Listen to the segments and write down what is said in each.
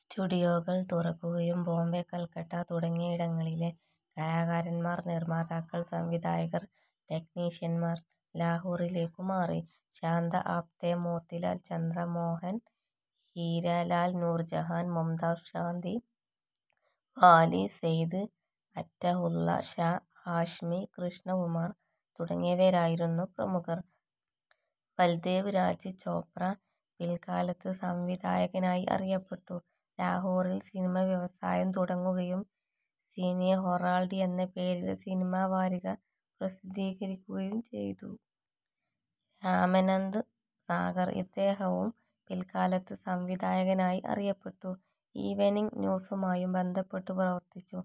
സ്റ്റുഡിയോകൾ തുറക്കുകയും ബോംബെ, കൽക്കട്ട തുടങ്ങിയിടങ്ങളിലെ കലാകാരന്മാർ, നിർമാതാക്കൾ, സംവിധായകർ, ടെക്നീഷ്യന്മാർ ലാഹോറിലേക്കു മാറി. ശാന്ത ആപ്തെ, മോത്തിലാൽ, ചന്ദ്ര മോഹൻ, ഹീരാലാൽ, നൂർ ജഹാൻ, മുംതാസ് ശാന്തി, വാലി, സയ്ദ് അറ്റഹുള്ള ഷാ ഹാഷ്മി, കൃഷ്ണ കുമാർ തുടങ്ങിയവരായിരുന്നു പ്രമുഖർ. ബൽദേവ് രാജ് ചോപ്ര, പിൽകാലത്ത് സംവിധായകനായി അറിയപ്പെട്ടു, ലാഹോറിൽ സിനിമ വ്യവസായം തുടങ്ങുകയും സിനി ഹെറാൾഡ് എന്ന പേരിൽ സിനിമാവാരിക പ്രസിദ്ധീകരിക്കുകയും ചെയ്തു. രാമാനന്ദ് സാഗർ, ഇദ്ദേഹവും പിൽകാലത്ത് സംവിധായകനായി അറിയപ്പെട്ടു, ഈവെനിംഗ് ന്യൂസുമായും ബന്ധപ്പെട്ടു പ്രവർത്തിച്ചു.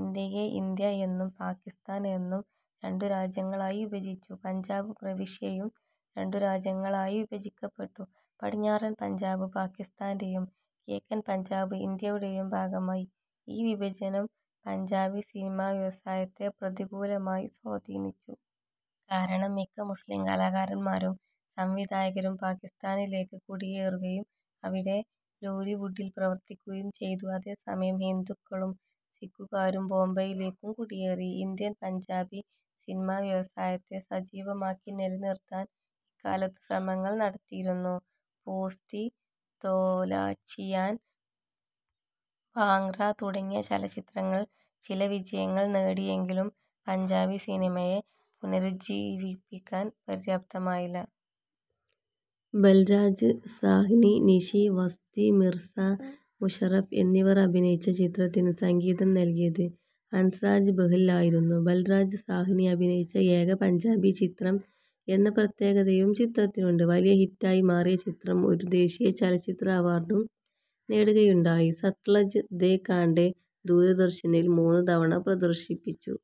ഇന്ത്യയെ ഇന്ത്യ എന്നും പാകിസ്താൻ എന്നും രണ്ടു രാജ്യങ്ങളായി വിഭജിച്ചു. പഞ്ചാബ് പ്രവിശ്യയും രണ്ടു രാജ്യങ്ങളിലായി വിഭജിക്കപ്പെട്ടു. പടിഞ്ഞാറൻ പഞ്ചാബ് പാകിസ്താന്റെയും കിഴക്കൻ പഞ്ചാബ് ഇന്ത്യയുടേയും ഭാഗമായി. ഈ വിഭജനം പഞ്ചാബി സിനിമാവ്യവസായത്തെ പ്രതികൂലമായി സ്വാധീനിച്ചു. കാരണം മിക്ക മുസ്ലിം കലാകാരന്മാരും സംവിധായകരും പാകിസ്താനിലേക്ക് കുടിയേറുകയും അവിടെ ലോലിവുഡിൽ പ്രവർത്തിക്കുകയും ചെയ്തു. അതേ സമയം ഹിന്ദുക്കളും സിഖുകാരും ബോംബൈയിലേക്കും കുടിയേറി. ഇന്ത്യൻ പഞ്ചാബി സിനിമാവ്യവസായത്തെ സജീവമാക്കി നിലനിർത്താൻ ഇക്കാലത്തു ശ്രമങ്ങൾ നടത്തിയിരുന്നു. പോസ്റ്റി, ദോ ലാച്ചിയാൻ, ഭാംഗ്റ തുടങ്ങിയ ചലച്ചിത്രങ്ങൾ ചില വിജയങ്ങൾ നേടിയെങ്കിലും പഞ്ചാബി സിനിമയെ പുനരുജ്ജീവിപ്പിക്കാൻ പര്യാപ്തമായില്ല. ബൽരാജ് സാഹ്നി, നിഷി, വസ്തി, മിർസ മുഷറഫ് എന്നിവർ അഭിനയിച്ച ചിത്രത്തിന് സംഗീതം നൽകിയത് ഹാൻസ്രാജ് ബെഹ്ൽ ആയിരുന്നു. ബൽരാജ് സാഹ്നി അഭിനയിച്ച ഏക പഞ്ചാബി ചിത്രം എന്ന പ്രത്യേകതയും ചിത്രത്തിനുണ്ട്. വലിയ ഹിറ്റായി മാറിയ ചിത്രം ഒരു ദേശീയ ചലച്ചിത്ര അവാർഡും നേടുകയുണ്ടായി. സത്ലജ് ദെ കാണ്ടേ ദൂരദർശനിൽ മൂന്നു തവണ പ്രദർശിപ്പിച്ചു.